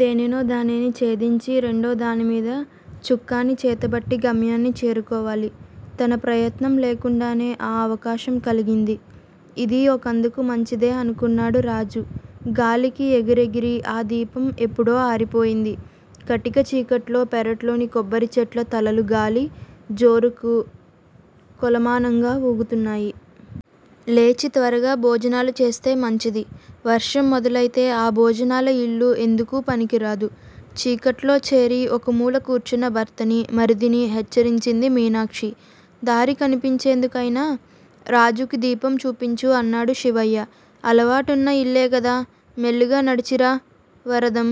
దేనినో దానిని ఛేదించి రెండో దానిమీద చుక్కాని చేతబట్టి గమ్యాన్ని చేరుకోవాలి. తన ప్రయత్నం లేకుండానే ఆ అవకాశం కలిగింది. ఇదీ ఒకందుకు మంచిదే అనుకొన్నాడు రాజు. గాలికి ఎగిరి ఎగిరి ఆ దీపం ఎప్పుడో ఆరిపోయింది. కటిక చీకట్లో పెరట్లోని కొబ్బరిచెట్ల తలలు గాలి జోరుకి కొలమానంగా ఊగుతున్నాయి. లేచి త్వరగా భోజనాలుచేస్తే మంచిది. వర్షం మొదలయితే ఆ భోజనాల ఇల్లు ఎందుకూ పనికిరాదు. చీకటిలో చెరి ఒకమూల కూర్చున్న భర్తని, మరిదిని హెచ్చరించింది మీనాక్షి. దారి కనిపించేందుకైనా రాజుకి దీపం చూపించు అన్నాడు శివయ్య. అలవాటున్న ఇల్లే కదా! మెల్లిగా నడిచి రా, వరదం!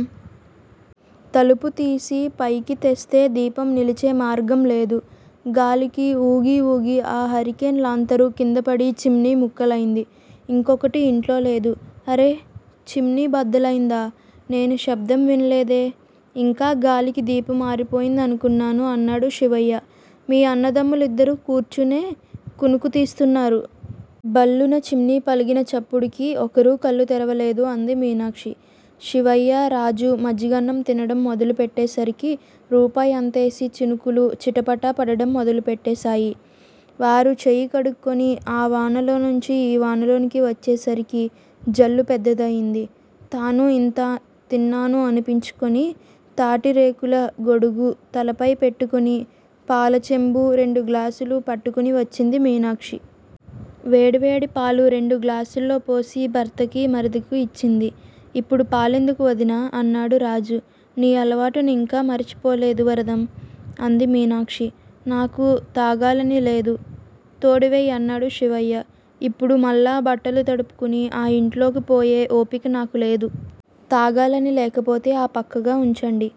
తలుపు తీసి పైకి తెస్తే దీపం నిలిచే మార్గంలేదు. గాలికి ఊగిఊగి ఆ హరికేన్ లాంతరు కిందపడి చిమ్నీ ముక్కలయింది. ఇంకొకటి ఇంట్లో లేదు. అరే, చిమ్నీ బద్దలయిందా? నేను శబ్దం విననేలేదు, ఇంకా గాలికి దీపం ఆరిపోయింది అనుకొన్నాను అన్నాడు శివయ్య. మీ అన్నదమ్ములు ఇద్దరూ కూర్చునే కునుకు తీస్తున్నారు. భళ్లున చిమ్నీ పగిలిన చప్పుడుకి ఒకరూ కళ్ళు తెరవలేదు అంది మీనాక్షి. శివయ్య, రాజు మజ్జిగ అన్నం తినడం మొదలు పెట్టేసరికి రూపాయి అంతేసి చినుకులు చిటపటా పడడం మొదలుపెట్టేశాయి వారు చెయ్యి కడుక్కొని ఆ వానలోంచి ఈ వానలోకి వచ్చేసరికి జల్లు పెద్దదయింది. తనూ ఇంత తిన్నాను అనిపించుకొని, తాటిరేకుల గొడుగు తలపై పెట్టుకొని పాలచెంబు, రెండు గ్లాసులు పట్టుకొని వచ్చింది మీనాక్షి. వేడివేడి పాలు రెండు గ్లాసుల్లోపోసి భర్తకి, మరిదికి ఇచ్చింది. ఇప్పుడు పాలెందుకు, వదినా? అన్నాడు రాజు. నీ అలవాటుని ఇంకా మరిచిపోలేదు, వరదం! అంది మీనాక్షి. నాకు తాగాలనిలేదు. తోడువెయ్యి అన్నాడు శివయ్య. ఇప్పుడు మళ్ళా బట్టలు తడుపుకొని ఆ ఇంట్లోకి పోయే ఓపిక నాకులేదు. తాగాలని లేకపోతే ఆ పక్కగా ఉంచండి.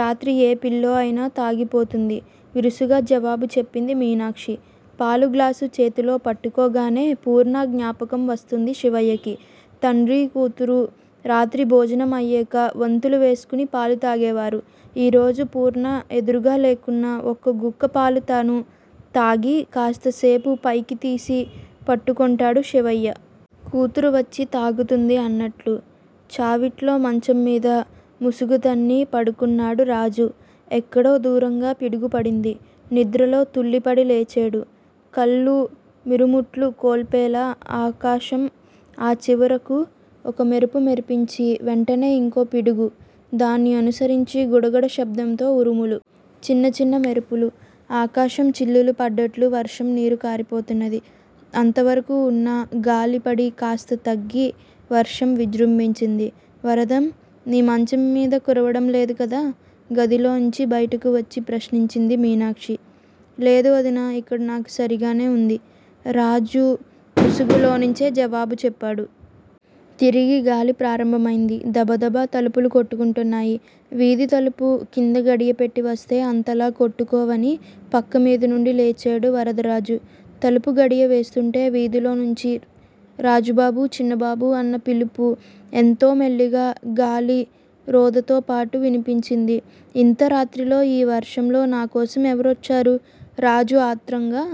రాత్రి ఏ పిల్లో అయినా తాగిపోతుంది. విసురుగా జవాబు చెప్పింది మీనాక్షి. పాల గ్లాసు చేతిలో పట్టుకోగానే పూర్ణ జ్ఞాపకం వస్తుంది శివయ్యకి. తండ్రి, కూతురు రాత్రి భోజనం అయేక వంతులు వేసుకు పాలు తాగేవారు. ఈ రోజు పూర్ణ ఎదురుగా లేకున్నా ఒక్క గుక్క పాలు తను తాగి కాస్త సేపు పైకి తీసి పట్టుకొంటాడు శివయ్య. కూతురు వచ్చి తాగుతుంది అన్నట్లు. చావిట్లో మంచంమీద ముసుగుతన్ని పడుకొన్నాడు రాజు. ఎక్కడో దూరంగా పిడుగు పడింది. నిద్రలో తుళ్ళిపడి లేచేడు, కళ్ళు మిరుముట్లు కొల్పేలా ఆకాశం ఆ చివరకు ఒక మెరుపు మెరిపించి, వెంటనే ఇంకో పిడుగు. దాన్ని అనుసరించి గుడగుడ శబ్దంతో ఉరుములు. చిన్న చిన్న మెరుపులు. ఆకాశం చిల్లులు పడ్డట్లు వర్షం నీరుకారిపోతున్నది. అంతవరకు ఉన్న గాలిపడి కాస్త తగ్గి వర్షం విజృంభించింది. వరదం, నీ మంచంమీద కురవడంలేదు కదా? గదిలోంచి బయటికి వచ్చి ప్రశ్నించింది మీనాక్షి. లేదు వదినా, ఇక్కడ నాకు సరిగానే వుంది. రాజు ముసుగులోనించే జవాబు చెప్పేడు. తిరిగి గాలి ప్రారంభమయింది. దబదబా తలుపులు కొట్టుకొంటున్నాయి. వీథి తలుపు కింది గడియపెట్టి వస్తే అంతలా కొట్టుకోవని పక్కమీదనుంచి లేచేడు వరదరాజు. తలుపు గడియ వేస్తూంటే వీథిలోంచి రాజుబాబూ చిన్నబాబూ! అన్న పిలుపు ఎంతో మెల్లగా గాలి రొదతోపాటు వినిపించింది. ఇంత రాత్రిలో ఈ వర్షంలో నాకోసం ఎవరు వచ్చేరు? రాజు ఆత్రంగా